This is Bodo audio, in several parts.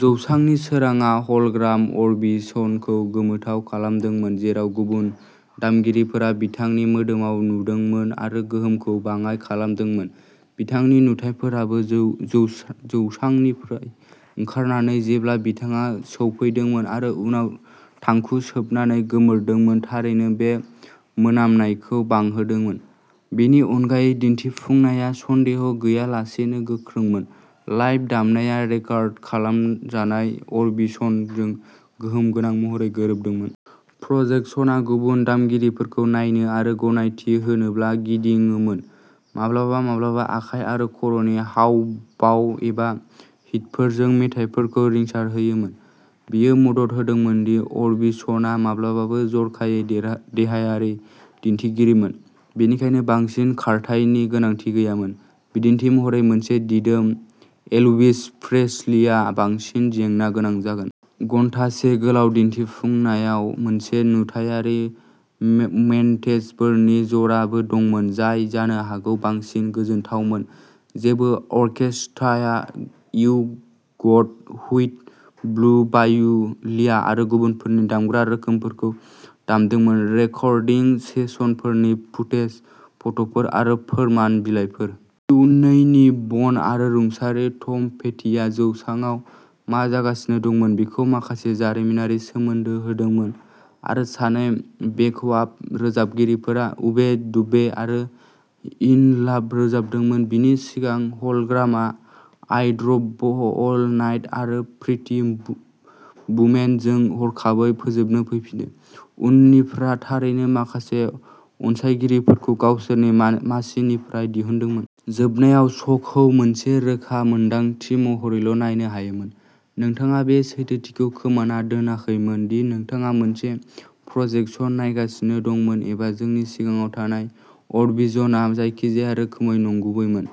जौसांनि सोरांआ हल'ग्राम अरबिसनखौ गोमोथाव खालामदोंमोन, जेराव गुबुन दामगिरिफोरा बिथांनि मोदोमाव नुदोंमोन आरो गोहोमखौ बाङाइ खालामदोंमोन। बिथांनि नुथाइफोराबो जौसांनिफ्राय ओंखारनानै जेब्ला बिथाङा सौफैदोंमोन आरो उनाव थांखु सोबनानै गोमोरदोंमोन थारैनो बे मोनामनायखौ बांहोदोंमोन। बेनि अनगायै, दिन्थिफुंनाया सन्देह गैयालासेनो गोख्रोंमोन, लाइभ दामनाया रेकर्ड खालामजानाय अरबिसनजों गोहोम गोनां महरै गोरोबदोंमोन। प्रजेकसनआ गुबुन दामगिरिफोरखौ नायनो आरो गनायथि होनोबो गिदिङोमोन, माब्लाबा माब्लाबा आखाइ आरो खर'नि हाव भाव एबा हिटफोरजों मेथाइफोरखौ रिंसारहोयोमोन। बेयो मदद होदोंमोन दि अरबिसनआ माब्लाबाबो जर'खायै देहायारि दिन्थिगिरिमोन, बेनिखायनो बांसिन खारथायनि गोनांथि गैयामोन, बिदिन्थि महरै, मोनसे दिदोम एल्विस प्रेस्लीआ बांसिन जेंना गोनां जागोन। घन्टासे गोलाव दिन्थिफुंनायाव मोनसे नुथायारि मन्टेजफोरनि जराबो दंमोन जाय जानो हागौ बांसिन गोजोनथावमोन, जेरै अर्केस्ट्राया you got it, blue bayou, लिया आरो गुबुनफोरनि दामग्रा रोखोमफोरखौ दामदोंमोन, रेकर्डिं सेसनफोरनि फुटेज, फट'फोर आरो फोरमान बिलाइफोर। इउ नैनि बन' आरो रुंसारि टम पेटिआ जौसाङाव मा जागासिनो दंमोन बेखौ माखासे जारिमिनारि सोमोन्दो होदोंमोन आरो सानै बेकआप रोजाबगिरिफोरा उबे डुबे आरो इन लाभ रोजाबदोंमोन, बिनि सिगां हल'ग्रामआ आई ड्र'भ अल नाइट आरो प्रिटि वुमेनजों हरखौ फोजोबनो फैफिनो, उननिफ्रा थारैनो माखासे अनसायगिरिफोरखौ गावसोरनि मासिनिफ्राय दिहुनदोंमोन। जोबनायाव, श'खौ मोनसे रोखा मोन्दांथि महरैल' नायनो हायोमोन। नोंथाङा बे सैथोथिखौ खोमाना दोन्नाखैमोन दि नोंथाङा मोनसे प्रजेकसन नायगासिनो दंमोन एबा जोंनि सिगाङाव थानाय अरबिजनआ जायखिजाया रोखोमै नंगुबै मोन।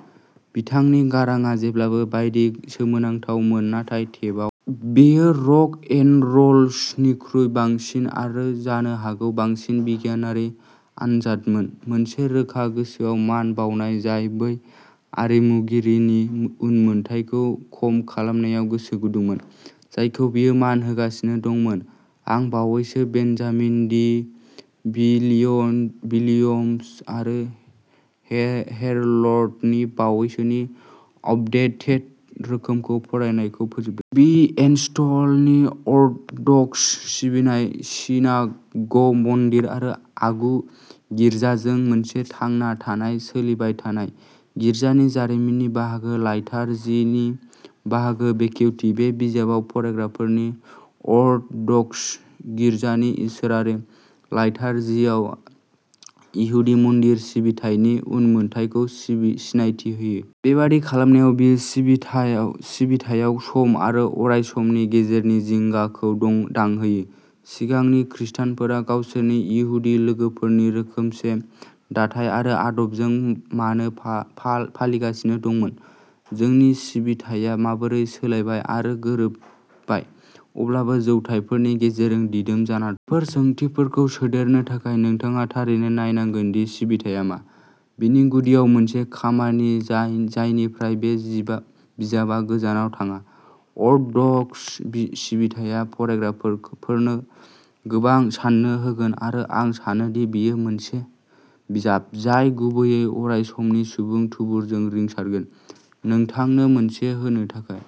बिथांनि गारांआ जेब्लाबो बायदि सोमोनांथावमोन नाथाय टेपआव। बेयो रक एन र'ल श'निख्रुइ बांसिन आरो जानो हागौ बांसिन बिगियानारि आनजादमोन, मोनसे रोखा गोसोआरि मान बाउनाय जाय बै आरिमुगिरिनि उनमोनथायखौ खम खालामनायाव गोसो गुदुंमोन जायखौ बियो मान होगासिनो दंमोन। आं बावैसो बेन्जामिन डी विलियम्स आरो हेरल्डनि बावैसोनि आपडेटेड रोखोमखौ फरायनायखौ फोजोबदों। बि एन्स्टलनि अर्थ'डक्स सिबिनाय सिनाग'ग, मन्दिर आरो आगु गिर्जाजों मोनसे थांना थानाय सोलिबाय थानाय। गिर्जानि जारिमिननि बाहागो, लाइटारजिनि बाहागो बेखेवथि, बे बिजाबआ फरायग्राफोरखौ अर्थ'डक्स गिर्जानि इसोरारि लाइटारजियाव इहुदि मन्दिर सिबिथायनि उनमोनथाइखौ सिनायथि होयो। बेबादि खालामनायाव, बेयो सिबिथायाव सम आरो अरायसमनि गेजेरनि जिंगाखौ दांहोयो। सिगांनि खृस्टानफोरा गावसोरनि इहुदि लोगोफोरनि रोखोमसे दाथाय आरो आदबजों मानो फालिगासिनो दंमोन? जोंनि सिबिथाया माबोरै सोलायबाय आरो गोरोबबाय, अब्लाबो जौथायफोरनि गेजेरजों दिदोम जाना दं? बेफोर सोंथिफोरखौ सोदेरनो थाखाय, नोंथाङा थारैनो नायनांगोन दि सिबिथाया मा, बेनि गुदियाव मोनसे खामानि जायनिफ्राय बे बिजाबआ गोजानाव थाङा। अर्थ'डक्स सिबिथाया फरायग्राफोरनो गोबां साननो होगोन आरो आं सानोदि बेयो मोनसे बिजाब जाय गुबैयै अरायसमनि सुबुं थुबुरजों रिंसारगोन। नोंथांनो मोनसे होनो थाखाय।